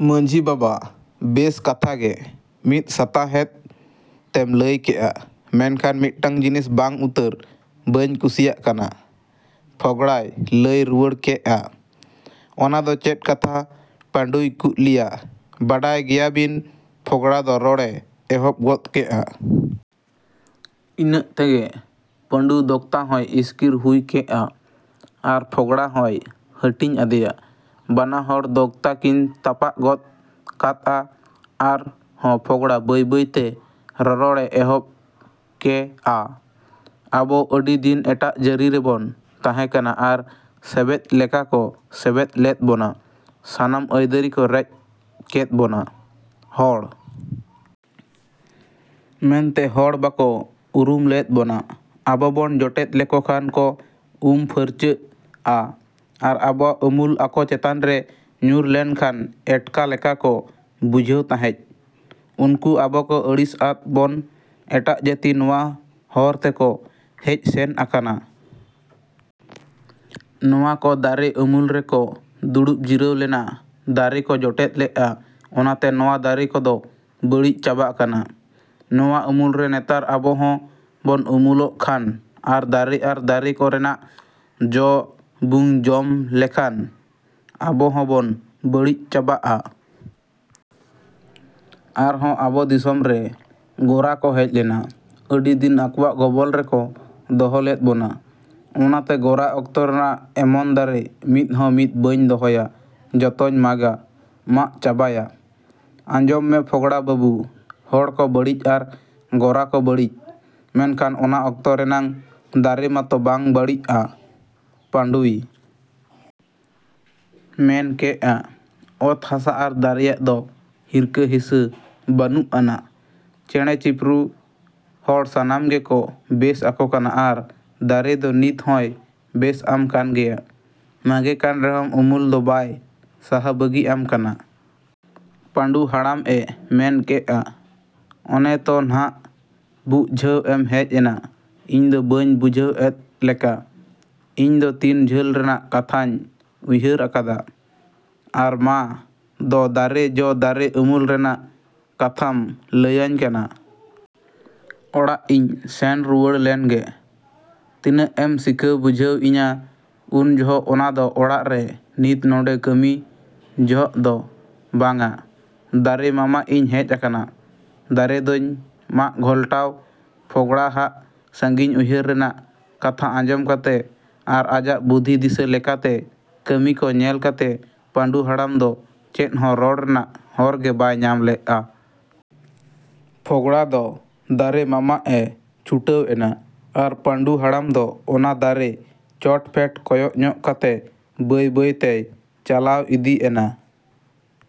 ᱢᱟᱺᱡᱷᱤ ᱵᱟᱵᱟ ᱵᱮᱥ ᱠᱟᱛᱷᱟ ᱜᱮ ᱢᱤᱫ ᱥᱟᱛᱟᱦᱮᱫ ᱛᱮᱢ ᱞᱟᱹᱭ ᱠᱮᱜᱼᱟ᱾ ᱢᱮᱱᱠᱷᱟᱱ ᱢᱤᱫᱴᱟᱝ ᱡᱤᱱᱤᱥ ᱵᱟᱝ ᱩᱛᱟᱹᱨ ᱵᱟᱹᱧ ᱠᱩᱥᱤᱭᱟᱜ ᱠᱟᱱᱟ ᱯᱷᱚᱜᱽᱲᱟᱭ ᱞᱟᱹᱭ ᱨᱩᱣᱟᱹᱲ ᱠᱮᱜᱼᱟ ᱾ ᱚᱱᱟ ᱫᱚ ᱪᱮᱫ ᱠᱟᱛᱷᱟ ᱯᱟᱺᱰᱩᱭ ᱠᱩᱜᱞᱤᱭᱟ ᱵᱟᱰᱟᱭ ᱜᱮᱭᱟ ᱵᱤᱱ ᱯᱷᱚᱜᱽᱲᱟ ᱫᱚ ᱨᱚᱲᱮ ᱮᱦᱚᱵ ᱜᱚᱫ ᱠᱮᱜᱼᱟ᱾ ᱤᱱᱟᱹᱜ ᱛᱮᱜᱮ ᱯᱟᱺᱰᱩ ᱫᱚᱠᱛᱟ ᱦᱚᱸᱭ ᱤᱥᱠᱤᱨ ᱦᱩᱭ ᱠᱮᱜᱼᱟ ᱟᱨ ᱯᱷᱚᱜᱽᱲᱟ ᱦᱚᱸᱭ ᱦᱟᱹᱴᱤᱧ ᱟᱫᱮᱭᱟ᱾ ᱵᱟᱱᱟ ᱦᱚᱲ ᱫᱚᱠᱛᱟ ᱠᱤᱱ ᱛᱟᱯᱟᱜ ᱜᱚᱫ ᱠᱟᱫᱼᱟ ᱟᱨ ᱦᱚᱸ ᱯᱷᱚᱜᱽᱲᱟ ᱵᱟᱹᱭ ᱵᱟᱹᱭ ᱛᱮ ᱨᱚᱨᱚᱲ ᱮ ᱮᱦᱚᱵ ᱠᱮᱼᱟ᱾ ᱟᱵᱚ ᱟᱹᱰᱤ ᱫᱤᱱ ᱮᱴᱟᱜ ᱡᱟᱹᱨᱤ ᱨᱮᱵᱚᱱ ᱛᱟᱦᱮᱸ ᱠᱟᱱᱟ ᱟᱨ ᱥᱮᱵᱮᱫ ᱞᱮᱠᱟ ᱠᱚ ᱥᱮᱵᱮᱫ ᱞᱮᱫ ᱵᱚᱱᱟ ᱥᱟᱱᱟᱢ ᱟᱹᱭᱫᱟᱹᱨᱤ ᱠᱚ ᱨᱮᱡ ᱠᱮᱫ ᱵᱚᱱᱟ ᱾ᱦᱚᱲ ᱢᱮᱱᱛᱮ ᱦᱚᱲ ᱵᱟᱠᱚ ᱩᱨᱩᱢ ᱞᱮᱫ ᱵᱚᱱᱟ ᱟᱵᱚ ᱵᱚᱱ ᱡᱚᱴᱮᱫ ᱞᱮᱠᱚ ᱠᱷᱟᱱ ᱠᱚ ᱩᱢ ᱯᱷᱟᱹᱨᱪᱟᱹᱜᱼᱟ ᱟᱨ ᱟᱵᱚᱣᱟᱜ ᱩᱢᱩᱞ ᱟᱠᱚ ᱪᱮᱛᱟᱱ ᱨᱮ ᱧᱩᱨ ᱞᱮᱱ ᱠᱷᱟᱱ ᱮᱴᱠᱟ ᱞᱮᱠᱟ ᱠᱚ ᱵᱩᱡᱷᱟᱹᱣ ᱛᱟᱦᱮᱸᱡ᱾ ᱩᱱᱠᱩ ᱟᱵᱚ ᱠᱚ ᱟᱹᱲᱤᱥ ᱟᱫ ᱵᱚᱱ ᱮᱴᱟᱜ ᱡᱟᱹᱛᱤ ᱱᱚᱶᱟ ᱦᱚᱨ ᱛᱮᱠᱚ ᱦᱮᱡ ᱥᱮᱱ ᱟᱠᱟᱱᱟ᱾ ᱱᱚᱶᱟ ᱠᱚ ᱫᱟᱨᱮ ᱩᱢᱩᱞ ᱨᱮᱠᱚ ᱫᱩᱲᱩᱵ ᱡᱤᱨᱟᱹᱣ ᱞᱮᱱᱟ ᱫᱟᱨᱮ ᱠᱚ ᱡᱚᱴᱮᱫ ᱞᱮᱜᱼᱟ ᱚᱱᱟᱛᱮ ᱱᱚᱶᱟ ᱫᱟᱨᱮ ᱠᱚᱫᱚ ᱵᱟᱹᱲᱤᱡ ᱪᱟᱵᱟ ᱟᱠᱟᱱᱟ᱾ ᱱᱚᱶᱟ ᱩᱢᱩᱞ ᱨᱮ ᱱᱮᱛᱟᱨ ᱟᱵᱚ ᱦᱚᱸ ᱵᱚᱱ ᱩᱢᱩᱞᱚᱜ ᱠᱷᱟᱱ ᱟᱨ ᱫᱟᱨᱮ ᱟᱨ ᱫᱟᱨᱮ ᱠᱚ ᱨᱮᱱᱟᱜ ᱡᱚ ᱵᱩᱝ ᱡᱚᱢ ᱞᱮᱠᱷᱟᱱ ᱟᱵᱚ ᱦᱚᱸ ᱵᱚᱱ ᱵᱟᱹᱲᱤᱡ ᱪᱟᱵᱟᱜᱼᱟ᱾ ᱟᱨ ᱦᱚᱸ ᱟᱵᱚ ᱫᱤᱥᱚᱢ ᱨᱮ ᱜᱚᱨᱟ ᱠᱚ ᱦᱮᱡ ᱞᱮᱱᱟ ᱟᱹᱰᱤ ᱫᱤᱱ ᱟᱠᱚᱣᱟᱜ ᱜᱚᱵᱚᱞ ᱨᱮᱠᱚ ᱫᱚᱦᱚ ᱞᱮᱫ ᱵᱚᱱᱟ᱾ᱚᱱᱟᱛᱮ ᱜᱚᱨᱟ ᱚᱠᱛᱚ ᱨᱮᱱᱟᱜ ᱮᱢᱚᱱ ᱫᱟᱨᱮ ᱢᱤᱫ ᱦᱚᱸ ᱢᱤᱫ ᱵᱟᱹᱧ ᱫᱚᱦᱚᱭᱟ ᱡᱚᱛᱚᱧ ᱢᱟᱜᱟᱼᱢᱟᱜ ᱪᱟᱵᱟᱭᱟ᱾ᱟᱸᱡᱚᱢ ᱢᱮ ᱯᱷᱚᱜᱽᱲᱟ ᱵᱟᱹᱵᱩ ᱦᱚᱲ ᱠᱚ ᱵᱟᱹᱲᱤᱡ ᱟᱨ ᱜᱚᱨᱟ ᱠᱚ ᱵᱟᱹᱲᱤᱡ ᱢᱮᱱᱠᱷᱟᱱ ᱚᱱᱟ ᱚᱠᱛᱚ ᱨᱮᱱᱟᱝ ᱫᱟᱨᱮ ᱢᱟᱛᱚ ᱵᱟᱝ ᱵᱟᱹᱲᱤᱜ ᱼᱟ ᱾ᱯᱟᱺᱰᱩᱭ ᱢᱮᱱ ᱠᱮᱜᱼᱟ᱾ ᱚᱛ ᱦᱟᱥᱟ ᱟᱨ ᱫᱟᱨᱮᱭᱟᱜ ᱫᱚ ᱦᱤᱨᱠᱟᱹ ᱦᱤᱥᱟᱹ ᱵᱟᱹᱱᱩᱜ ᱟᱱᱟ᱾ ᱪᱮᱬᱮ ᱪᱤᱯᱨᱩ ᱦᱚᱲ ᱥᱟᱱᱟᱢ ᱜᱮᱠᱚ ᱵᱮᱥ ᱟᱠᱚ ᱠᱟᱱᱟ ᱟᱨ ᱫᱟᱨᱮ ᱫᱚ ᱱᱤᱛ ᱦᱚᱸᱭ ᱵᱮᱥ ᱟᱢ ᱠᱟᱱ ᱜᱮᱭᱟ᱾ ᱢᱟᱜᱮ ᱠᱟᱱ ᱨᱮᱦᱚᱢ ᱩᱢᱩᱞ ᱫᱚ ᱵᱟᱭ ᱥᱟᱦᱟ ᱵᱟᱹᱜᱤ ᱟᱢ ᱠᱟᱱᱟ᱾ ᱯᱟᱺᱰᱩ ᱦᱟᱲᱟᱢ ᱮ ᱢᱮᱱ ᱠᱮᱜᱼᱟ᱾ ᱚᱱᱮ ᱛᱚ ᱱᱷᱟᱜ ᱵᱩᱜᱡᱷᱟᱹᱣ ᱮᱢ ᱦᱮᱡ ᱮᱱᱟ ᱤᱧ ᱫᱚ ᱵᱟᱹᱧ ᱵᱩᱡᱷᱟᱹᱣ ᱮᱫ ᱞᱮᱠᱟ ᱤᱧ ᱫᱚ ᱛᱤᱱ ᱡᱷᱟᱹᱞ ᱨᱮᱱᱟᱜ ᱠᱟᱛᱷᱟᱹᱧ ᱩᱭᱦᱟᱹᱨ ᱟᱠᱟᱫᱟ᱾ ᱟᱨ ᱢᱟ ᱫᱚ ᱫᱟᱨᱮ ᱡᱚ ᱫᱟᱨᱮ ᱩᱢᱩᱞ ᱨᱮᱱᱟᱜ ᱠᱟᱛᱷᱟᱢ ᱞᱟᱹᱭᱟᱹᱧ ᱠᱟᱱᱟ᱾ ᱚᱲᱟᱜ ᱤᱧ ᱥᱮᱱ ᱨᱩᱣᱟᱹᱲ ᱞᱮᱱᱜᱮ᱾ ᱛᱤᱱᱟᱹᱜ ᱮᱢ ᱥᱤᱠᱷᱟᱹᱣ ᱵᱩᱡᱷᱟᱹᱣ ᱤᱧᱟ ᱩᱱ ᱡᱚᱦᱚᱜ ᱚᱱᱟ ᱫᱚ ᱚᱲᱟᱜ ᱨᱮ ᱱᱤᱛ ᱱᱚᱰᱮ ᱠᱟᱹᱢᱤ ᱡᱚᱦᱜ ᱫᱚ ᱵᱟᱝᱟ ᱫᱟᱨᱮ ᱢᱟᱢᱟᱜ ᱤᱧ ᱦᱮᱡ ᱟᱠᱟᱱᱟ᱾ ᱫᱟᱨᱮ ᱫᱚᱧ ᱢᱟᱜ ᱜᱷᱚᱞᱴᱟᱣᱟ ᱯᱷᱚᱜᱽᱲᱟ ᱦᱟᱜ ᱥᱟᱺᱜᱤᱧ ᱩᱭᱦᱟᱹᱨ ᱨᱮᱱᱟᱜ ᱠᱟᱛᱷᱟ ᱟᱸᱡᱚᱢ ᱠᱟᱛᱮ ᱟᱨ ᱟᱡᱟᱜ ᱵᱩᱫᱷᱤ ᱫᱤᱥᱟᱹ ᱞᱮᱠᱟ ᱛᱮ ᱠᱟᱹᱢᱤ ᱠᱚ ᱧᱮᱞ ᱠᱟᱛᱮ ᱯᱟᱺᱰᱩ ᱦᱟᱲᱟᱢ ᱫᱚ ᱪᱮᱫ ᱦᱚᱸ ᱨᱚᱲ ᱨᱮᱱᱟᱜ ᱦᱚᱨ ᱜᱮ ᱵᱟᱭ ᱧᱟᱢ ᱞᱮᱜᱼᱟ᱾ ᱯᱷᱚᱜᱽᱲᱟ ᱫᱚ ᱫᱟᱨᱮ ᱢᱟᱢᱟᱜᱼᱮ ᱪᱷᱩᱴᱟᱹᱣ ᱮᱱᱟ ᱟᱨ ᱯᱟᱺᱰᱩ ᱦᱟᱲᱟᱢ ᱫᱚ ᱚᱱᱟ ᱫᱟᱨᱮ ᱪᱚᱴ ᱯᱷᱮᱰ ᱠᱚᱭᱚᱜ ᱧᱚᱜ ᱠᱟᱛᱮ ᱵᱟᱹᱭ ᱵᱟᱹᱭ ᱛᱮᱭ ᱪᱟᱞᱟᱣ ᱤᱫᱤ ᱮᱱᱟ᱾